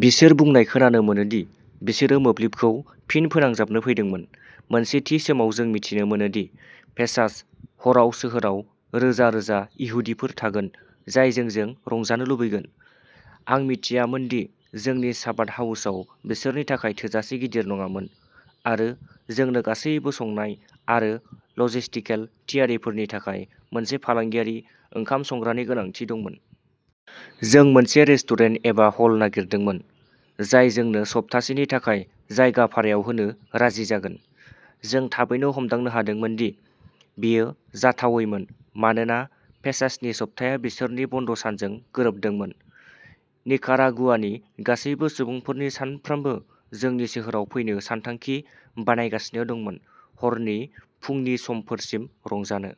बिसोर बुंनाय खोनानो मोनो दि बिसोरो मोब्लिबखौ फिन फोनांजाबनो फैदोंमोन। "मोनसे थि समाव जों मिथिनो मोनो दि पेसाच हराव सोहोराव रोजा रोजा इहुदिफोर थागोन जाय जोंजों रंजानो लुबैगोन। आं मिथियामोन दि जोंनि चाबाद हाउसआव बिसोरनि थाखाय थोजासे गिदिर नङामोन आरो जोंनो गासैबो संनाय आरो लजिस्टिकेल थियारिफोरनि थाखाय मोनसे फालांगियारि ओंखाम संग्रानि गोनांथि दंमोन। जों मोनसे रेस्टुरेन्ट एबा हल नागिरदोंमोन जाय जोंनो सप्तासेनि थाखाय जायगा भारायाव होनो राजि जागोन।" जों थाबैनो हमदांनो हादोंमोन दि बेयो जाथावैमोन मानोना पेसाचनि सप्ताया बिसोरनि बन्द'सानजों गोरोबदोंमोन। निकारागुआनि गासैबो सुबुंफोरनि सानफ्रामबो जोंनि सोहोराव फैनो सानथांखि बानायगासिनो दंमोन हरनि फुंनि समफोरसिम रंजानो।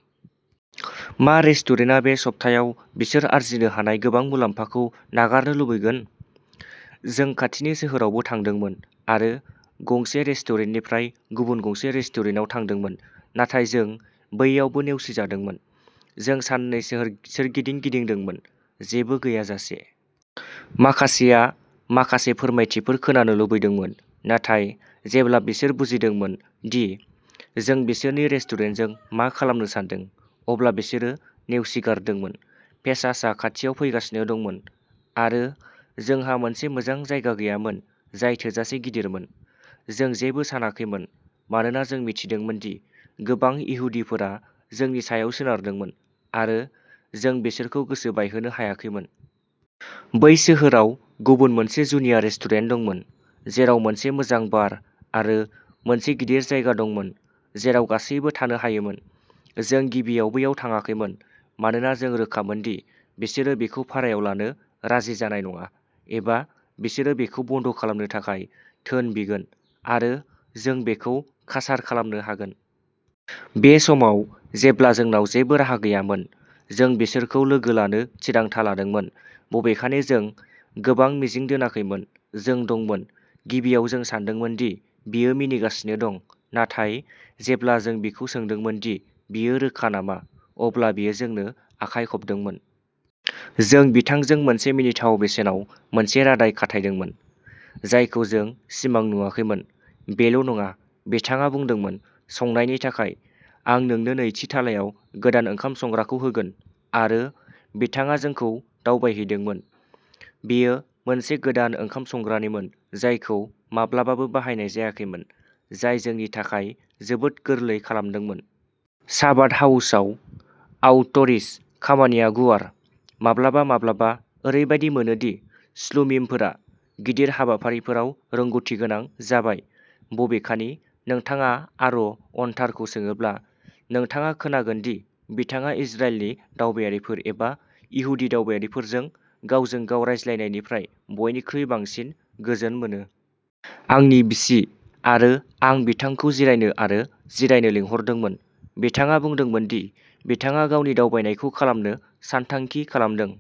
मा रेस्टुरेन्टआ बे सप्तायाव बिसोर आर्जिनो हानाय गोबां मुलाम्फाखौ नागारनो लुबैगोन? जों खाथिनि सोहोरावबो थांदोंमोन आरो गंसे रेस्टुरेन्टनिफ्राय गुबुन गंसे रेस्टुरेन्टाव थांदोंमोन, नाथाय जों बैयावबो नेवसिजादोंमोन। "जों साननै सोहोर सोरगिदिं गिदिंदोंमोन, जेबो गैयाजासे। माखासेया माखासे फोरमायथिफोर खोनानो लुबैदोंमोन, नाथाय जेब्ला बिसोरो बुजिदोंमोन दि जों बिसोरनि रेस्टुरेन्टजों मा खालामनो सानदों, अब्ला बिसोरो नेवसिगारदोंमोन। पेसाचआ खाथियाव फैगासिनो दंमोन आरो जोंहा मोनसे मोजां जायगा गैयामोन जाय थोजासे गिदिरमोन। जों जेबो सानाखैमोन, मानोना जों मिथिदोंमोन दि गोबां इहुदिफोरा जोंनि सायाव सोनारदोंमोन आरो जों बिसोरखौ गोसो बायहोनो हायाखैमोन।" बै सोहोराव गुबुन मोनसे जुनिया रेस्टुरेन्ट दंमोन जेराव मोनसे मोजां बार आरो मोनसे गिदिर जायगा दंमोन जेराव गासैबो थानो हायोमोन। जों गिबियाव बैयाव थाङाखैमोन, मानोना जों रोखामोन दि बिसोरो बेखौ भारायाव लानो राजि जानाय नङा एबा बिसोरो बेखौ बन्द खालामनो थाखाय धोन बिगोन आरो जों बेखौ कासार खालामनो हागोन। बे समाव, जेब्ला जोंनाव जेबो राहा गैयामोन, जों बिसोरखौ लोगो लानो थिरांथा लादोंमोन, बबेखानि जों गोबां मिजिं दोनाखैमोन। "जों दंमोन। गिबियाव जों सानदोंमोन दि बियो मिनिगासिनो दं, नाथाय जेब्ला जों बिखौ सोंदोंमोन दि बियो रोखा नामा, अब्ला बियो जोंनो आखाइ खबदोंमोन। जों बिथांजों मोनसे मिनिथाव बेसेनाव मोनसे रादाय खाथायदोंमोन, जायखौ जों सिमां नुवाखैमोन। बेल'नङा, बिथाङा बुंदोंमोन,'संनायनि थाखाय, आं नोंनो नैथि थालायाव गोदान ओंखाम संग्राखौ होगोन,'आरो बिथाङा जोंखौ दावबायहैदोंमोन। बेयो मोनसे गोदान ओंखाम संग्रानिमोन जायखौ माब्लाबाबो बाहायनाय जायाखैमोन, जाय जोंनि थाखाय जोबोद गोरलै खालामदोंमोन। चाबाद हाउसआव आउटरीच खामानिया गुवार। माब्लाबा माब्लाबा ओरैबायदि मोनो दि श्लुमिमफोरा गिदिर हाबाफारिफोराव रोंग'थिगोनां जाबाय। बबेखानि, नोंथाङा आर'अत्तारखौ सोङोब्ला, नोंथाङा खोनांगोन दि बिथाङा इजराइलनि दावबायारिफोर एबा इहुदि दावबायारिफोरजों गावजों गाव रायज्लायनायनिफ्राय बयनिख्रुइ बांसिन गोजोन मोनो। "आंनि बिसि आरो आं बिथांखौ जिरायनो आरो जिरायनो लिंहरदोंमोन। बिथाङा बुंदोंमोन दि बिथाङा गावनि दावबायनायखौ खालामनो सानथांखि खालामदों।